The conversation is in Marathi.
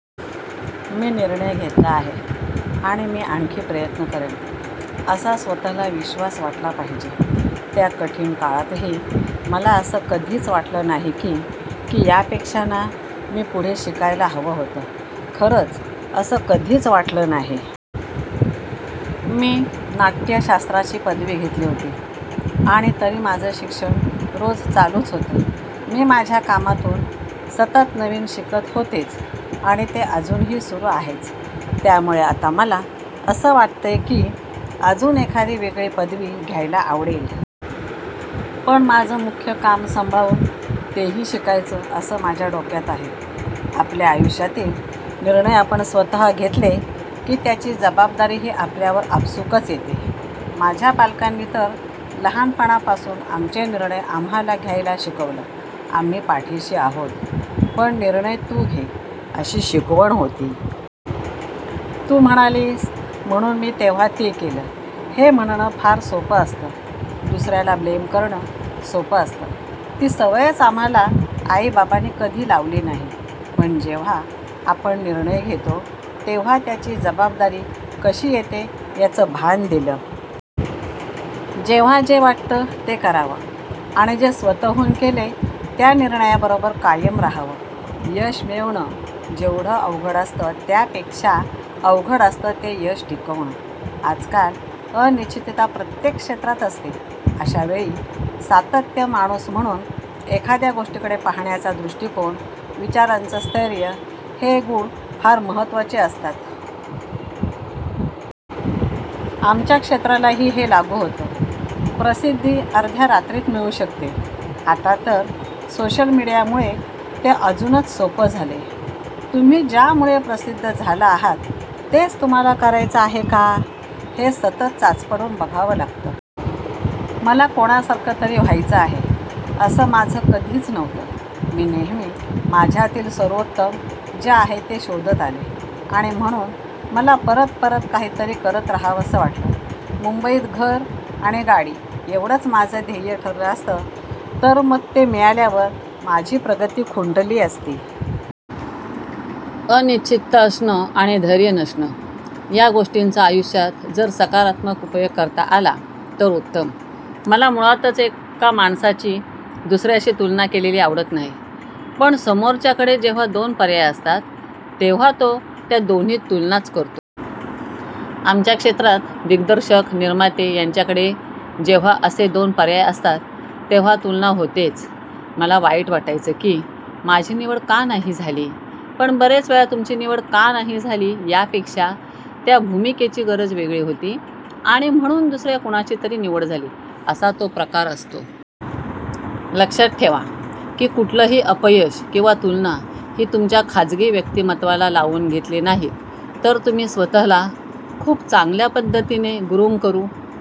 मी निर्णय घेतला आहे आणि मी आणखी प्रयत्न करेन, असा स्वतःला विश्वास वाटला पाहिजे. त्या कठीण काळातही मला असं कधीच वाटलं नाही की, की यापेक्षा ना, मी पुढे शिकायला हवं होतं. खरंच असं कधीच वाटलं नाही. मी नाट्यशास्त्राची पदवी घेतली होती आणि तरी माझं शिक्षण रोज चालूच होतं. मी माझ्या कामातून सतत नवीन शिकत होतेच आणि ते अजूनही सुरू आहेच. त्यामुळे आता मला असं वाटतंय की, अजून एखादी वेगळी पदवी घ्यायला आवडेल. पण माझं मुख्य काम सांभाळून तेही शिकायचं असं माझ्या डोक्यात आहे. आपल्या आयुष्यातील निर्णय आपण स्वत घेतले की, त्याची जबाबदारीही आपल्यावर आपसूकच येते. माझ्या पालकांनी तर लहानपणापासून आमचे निर्णय आम्हांला घ्यायला शिकवलं. आम्ही पाठीशी आहोत, पण निर्णय तू घे अशी शिकवण होती. तू म्हणालीस म्हणून मी तेव्हा ते केलं हे म्हणणं फार सोपं असतं. दुसर्याला ब्लेम करणं सोपं असतं. ती सवयच आम्हांला आई-बाबांनी कधी लावली नाही. पण जेव्हा आपण निर्णय घेतो तेव्हा त्याची जबाबदारी कशी येते याचं भान दिलं. जेव्हा जे वाटतं ते करावं आणि जे स्वतःहून केलंय त्या निर्णयाबरोबर कायम राहावं. यश मिळवणं जेवढं अवघड असतं त्यापेक्षा अवघड असतं ते यश टिकवणं. आजकाल अनिश्चितता प्रत्येक क्षेत्रात असते. अशावेळी सातत्य, माणूस म्हणून एखाद्या गोष्टीकडे पाहण्याचा दृष्टिकोन, विचारांचं स्थैर्य हे गुण फार महत्त्वाचे असतात. आमच्या क्षेत्रालाही हे लागू होतं. प्रसिद्धी अर्ध्या रात्रीत मिळू शकते आता तर सोशल मीडियामुळे ते अजूनच सोपं झालंय. तुम्ही ज्यामुळे प्रसिद्ध झाला आहात तेच तुम्हांला करायचं आहे का, हे सतत चाचपडून बघावं लागतं. मला कोणासारखं तरी व्हायचं आहे असं माझं कधीच नव्हतं. मी नेहमी माझ्यातील सर्वोत्तम जे आहे ते शोधत आले आणि म्हणून मला परत परत काहीतरी करत राहावंसं वाटतं. मुंबईत घर आणि गाडी एवढंच माझं ध्येय ठरलं असतं तर मग ते मिळाल्यावर माझी प्रगती खुंटली असती. अनिश्चितता असणं आणि स्थैर्य नसणं या गोष्टींचा आयुष्यात जर सकारात्मक उपयोग करता आला तर उत्तम. मला मुळातच एका माणसाची दुसर्याशी तुलना केलेली आवडत नाही. पण समोरच्याकडे जेव्हा दोन पर्याय असतात, तेव्हा तो त्या दोन्हीत तुलनाच करतो. आमच्या क्षेत्रात दिग्दर्शक निर्माते यांच्याकडे जेव्हा असे दोन पर्याय असतात तेव्हा तुलना होतेच. मला वाईट वाटायचं की, माझी निवड का नाही झाली पण बरेचवेळा तुमची निवड का नाही झाली यापेक्षा त्या भूमिकेची गरज वेगळी होती आणि म्हणून दुसर्या कुणाची तरी निवड झाली, असा तो प्रकार असतो. लक्षात ठेवा की, कुठलंही अपयश किंवा तुलना ही तुमच्या खाजगी व्यक्तिमत्त्वाला लावून घेतली नाहीत तर तुम्ही स्वतःला खूप चांगल्या पद्धतीने ग्रुम करू